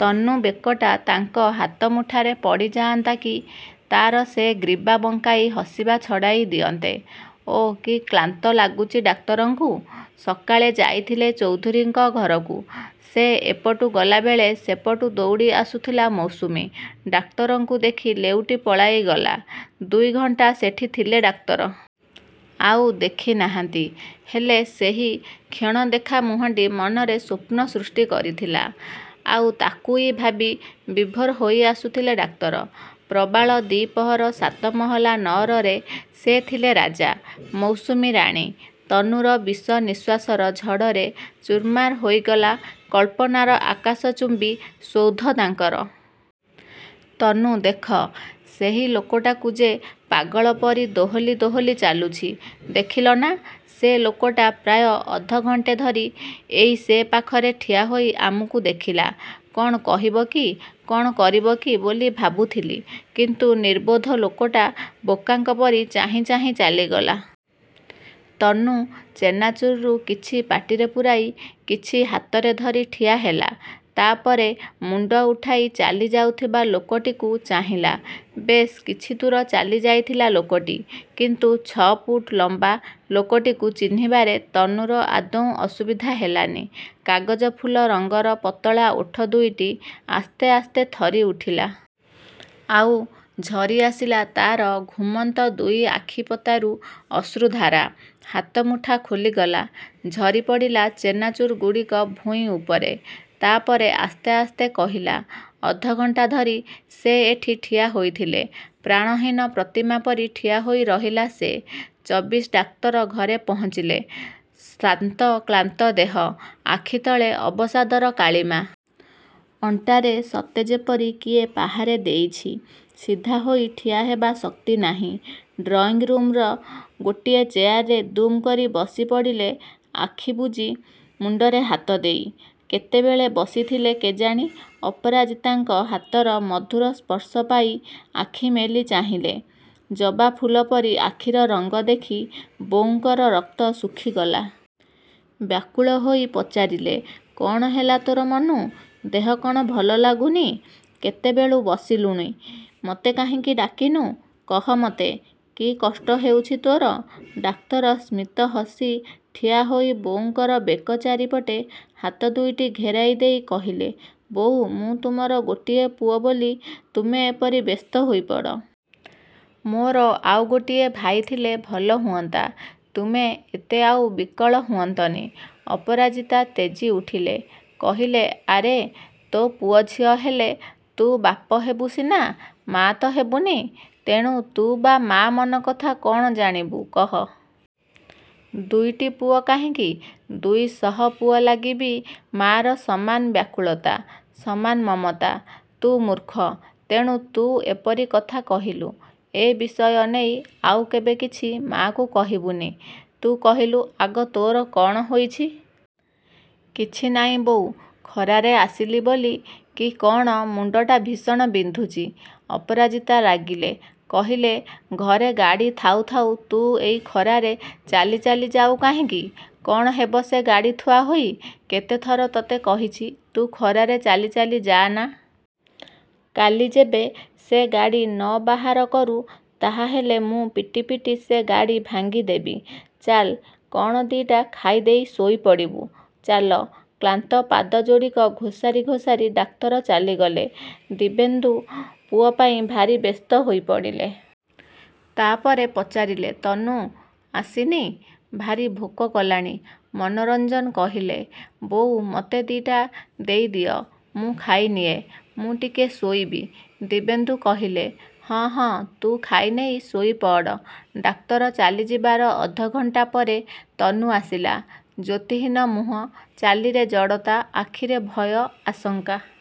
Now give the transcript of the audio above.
ତନୁ ବେକଟା ତାଙ୍କ ହାତମୁଠାରେ ପଡ଼ିଯାଆନ୍ତା କି ତା'ର ସେ ଗ୍ରୀବା ବଙ୍କାଇ ହସିବା ଛଡ଼ାଇ ଦିଅନ୍ତେ। ଓଃ, କି କ୍ଳାନ୍ତ ଲାଗୁଛି ଡାକ୍ତରଙ୍କୁ। ସକାଳେ ଯାଇଥିଲେ ଚୌଧୁରୀଙ୍କ ଘରକୁ। ସେ ଏପଟୁ ଗଲାବେଳେ ସେପଟୁ ଦଉଡ଼ିଆସୁଥିଲା ମୌସୁମୀ। ଡାକ୍ତରଙ୍କୁ ଦେଖି ଲେଉଟି ପଳାଇଗଲା। ଦୁଇଘଣ୍ଟା ସେଠି ଥିଲେ ଡାକ୍ତର। ଆଉ ଦେଖିନାହାନ୍ତି। ହେଲେ ସେହି କ୍ଷଣଦେଖା ମୁହଁଟି ମନରେ ସ୍ୱପ୍ନ ସୃଷ୍ଟି କରିଥିଲା। ଆଉ ତାକୁଇ ଭାବି ବିଭୋର ହୋଇଆସୁଥିଲେ ଡାକ୍ତର। ପ୍ରବାଳ ଦ୍ୱୀପର ସାତମହଲା ନଅରରେ ସେ ଥିଲେ ରାଜା, ମୌସୁମୀ ରାଣୀ। ତନୁର ବିଷ ନିଃଶ୍ୱାସର ଝଡ଼ରେ ଚୁର୍ମାର ହୋଇଗଲା କଳ୍ପନାର ଆକାଶଚୁମ୍ୱୀ ସୌଧ ତାଙ୍କର। –ତନୁ ଦେଖ, ସେହି ଲୋକଟାକୁ ଯେ ପାଗଳ ପରି ଦୋହଲି ଦୋହଲି ଚାଲୁଛି। ଦେଖିଲ ନା। ସେ ଲୋକଟା ପ୍ରାୟ ଅଧଘଣ୍ଟେ ଧରି ଏଇ ସେ ପାଖରେ ଠିଆ ହୋଇ ଆମକୁ ଦେଖିଲା। କ'ଣ କହିବକି କ'ଣ କରିବକି ବୋଲି ଭାବୁଥିଲି। କିନ୍ତୁ ନିର୍ବୋଧ ଲୋକଟା, ବୋକାଙ୍କ ପରି ଚାହିଁଚାହିଁ ଚାଲିଗଲା। ତନୁ ଚେନାଚୁରରୁ କିଛି ପାଟିରେ ପୂରାଇ କିଛି ହାତରେ ଧରି ଠିଆହେଲା। ତା' ପରେ ମୁଣ୍ଡ ଉଠାଇ ଚାଲିଯାଉଥିବା ଲୋକଟିକୁ ଚାହିଁଲା। ବେଶ୍ କିଛି ଦୂର ଚାଲିଯାଇଥିଲା ଲୋକଟି। କିନ୍ତୁ ଛଅଫୁଟ ଲମ୍ୱା ଲୋକଟିକୁ ଚିହ୍ନିବାରେ ତନୁର ଆଦୌ ଅସୁବିଧା ହେଲାନି। କାଗଜ ଫୁଲ ରଙ୍ଗର ପତଳା ଓଠ ଦୁଇଟି ଆସ୍ତେ ଆସ୍ତେ ଥରିଉଠିଲା। ଆଉ, ଝରିଆସିଲା ତା'ର ଘୁମନ୍ତ ଦୁଇଆଖି ପତାରୁ ଅଶ୍ରୁଧାରା। ହାତମୁଠା ଖୋଲିଗଲା। ଝରିପଡ଼ିଲା ଚେନାଚୁରଗୁଡ଼ିକ ଭୂଇଁ ଉପରେ। ତାପରେ ଆସ୍ତେ ଆସ୍ତେ କହିଲା–ଅଧଘଣ୍ଟା ଧରି ସେ ଏଠି ଠିଆ ହୋଇଥିଲେ? ପ୍ରାଣହୀନ ପ୍ରତିମା ପରି ଠିଆହୋଇ ରହିଲା ସେ। ଚବିଶ ଡାକ୍ତର ଘରେ ପହଞ୍ଚିଲେ। ଶ୍ରାନ୍ତ କ୍ଳାନ୍ତ ଦେହ, ଆଖିତଳେ ଅବସାଦର କାଳିମା। ଅଣ୍ଟାରେ ସତେଯେପରି କିଏ ପାହାରେ ଦେଇଛି। ସିଧା ହୋଇ ଠିଆହେବା ଶକ୍ତି ନାହିଁ। ଡ୍ରଇଂରୁମ୍ର ଗୋଟିଏ ଚେୟାରରେ ଦୁମ୍ କରି ବସିପଡ଼ିଲେ ଆଖିବୁଜି ମୁଣ୍ଡରେ ହାତଦେଇ। କେତେବେଳେ ବସିଥିଲେ କେଜାଣି ଅପରାଜିତାଙ୍କ ହାତର ମଧୁର ସ୍ପର୍ଶ ପାଇ ଆଖି ମେଲି ଚାହିଁଲେ। ଜବା ଫୁଲ ପରି ଆଖିର ରଙ୍ଗ ଦେଖି ବୋଉଙ୍କର ରକ୍ତ ଶୁଖିଗଲା। ବ୍ୟାକୁଳ ହୋଇ ପଚାରିଲେ–କ'ଣ ହେଲା ତୋର ମନୁ? ଦେହ କ'ଣ ଭଲଲାଗୁନି? କେତେବେଳୁ ବସିଲୁଣି? ମତେ କାହିଁକି ଡାକିନୁ? କହ ମତେ, କି କଷ୍ଟ ହେଉଛି ତୋର? ଡାକ୍ତର ସ୍ମିତ ହସି ଠିଆହୋଇ ବୋଉଙ୍କର ବେକ ଚାରିପଟେ ହାତ ଦୁଇଟି ଘେରାଇ ଦେଇ କହିଲେ–ବୋଉ, ମୁଁ ତୁମର ଗୋଟିଏ ପୁଅ ବୋଲି ତୁମେ ଏପରି ବ୍ୟସ୍ତ ହୋଇପଡ଼। ମୋର ଆଉ ଗୋଟିଏ ଭାଇ ଥିଲେ ଭଲହୁଅନ୍ତା। ତୁମେ ଏତେ ଆଉ ବିକଳ ହୁଅନ୍ତନି। ଅପରାଜିତା ତେଜିଉଠିଲେ। କହିଲେ–ଆରେ ତୋ ପୁଅ ଝିଅ ହେଲେ ତୁ ବାପ ହେବୁ ସିନା, ମାଆ ତ ହେବୁନି। ତେଣୁ ତୁ ବା ମା' ମନକଥା କ'ଣ ଜାଣିବୁ କହ? ଦୁଇଟି ପୁଅ କାହିଁକି, ଦୁଇଶହ ପୁଅ ଲାଗି ବି ମାଆର ସମାନ ବ୍ୟାକୁଳତା, ସମାନ ମମତା। ତୁ ମୂର୍ଖ,। ତେଣୁ ତୁ ଏପରି କଥା କହିଲୁ। ଏ ବିଷୟ ନେଇ ଆଉ କେବେ କିଛି ମାଆକୁ କହିବୁନି। ତୁ କହିଲୁ ଆଗ ତୋର କ'ଣ ହୋଇଛି? –କିଛି ନାଇଁ ବୋଉ। ଖରାରେ ଆସିଲି ବୋଲି କି କ'ଣ ମୁଣ୍ଡଟା ଭୀଷଣ ବିନ୍ଧୁଛି। ଅପରାଜିତା ରାଗିଲେ। କହିଲେ–ଘରେ ଗାଡ଼ି ଥାଉ ଥାଉ ତୁ ଏଇ ଖରାରେ ଚାଲି ଚାଲି ଯାଉ କାହିଁକି? କ'ଣ ହେବ ସେ ଗାଡ଼ି ଥୁଆହୋଇ? କେତେଥର ତୋତେ କହିଛି ତୁ ଖରାରେ ଚାଲି ଚାଲି ଯାଆନା। କାଲି ଯେବେ ସେ ଗାଡ଼ି ନ ବାହାର କରୁ ତାହାହେଲେ ମୁଁ ପିଟି ପିଟି ସେ ଗାଡ଼ି ଭାଙ୍ଗିଦେବି। ଚାଲ୍ କ'ଣ ଦିଇଟା ଖାଇଦେଇ ଶୋଇପଡ଼ିବୁ। –ଚାଲ। କ୍ଳାନ୍ତ ପାଦ ଯୋଡ଼ିକ ଘୋସାରି ଘୋସାରି ଡାକ୍ତର ଚାଲିଗଲେ। ଦିବ୍ୟେନ୍ଦୁ ପୁଅ ପାଇଁ ଭାରି ବ୍ୟସ୍ତ ହୋଇପଡ଼ିଲେ। ତାପରେ ପଚାରିଲେ ତନୁ... ଆସିନି? ଭାରି ଭୋକ କଲାଣି। ମନୋରଞ୍ଜନ କହିଲେ–ବୋଉ ମୋତେ ଦିଇଟା ଦେଇଦିଅ। ମୁଁ ଖାଇନିଏ। ମୁଁ ଟିକେ ଶୋଇବି। ଦିବ୍ୟେନ୍ଦୁ କହିଲେ–ହଁ ହଁ, ତୁ ଖାଇନେଇ ଶୋଇପଡ଼। ଡାକ୍ତର ଚାଲିଯିବାର ଅଧଘଣ୍ଟା ପରେ ତନୁ ଆସିଲା। ଜ୍ୟୋତିହୀନ ମୁହଁ, ଚାଲିରେ ଜଡ଼ତା, ଆଖିରେ ଭୟ, ଆଶଙ୍କା।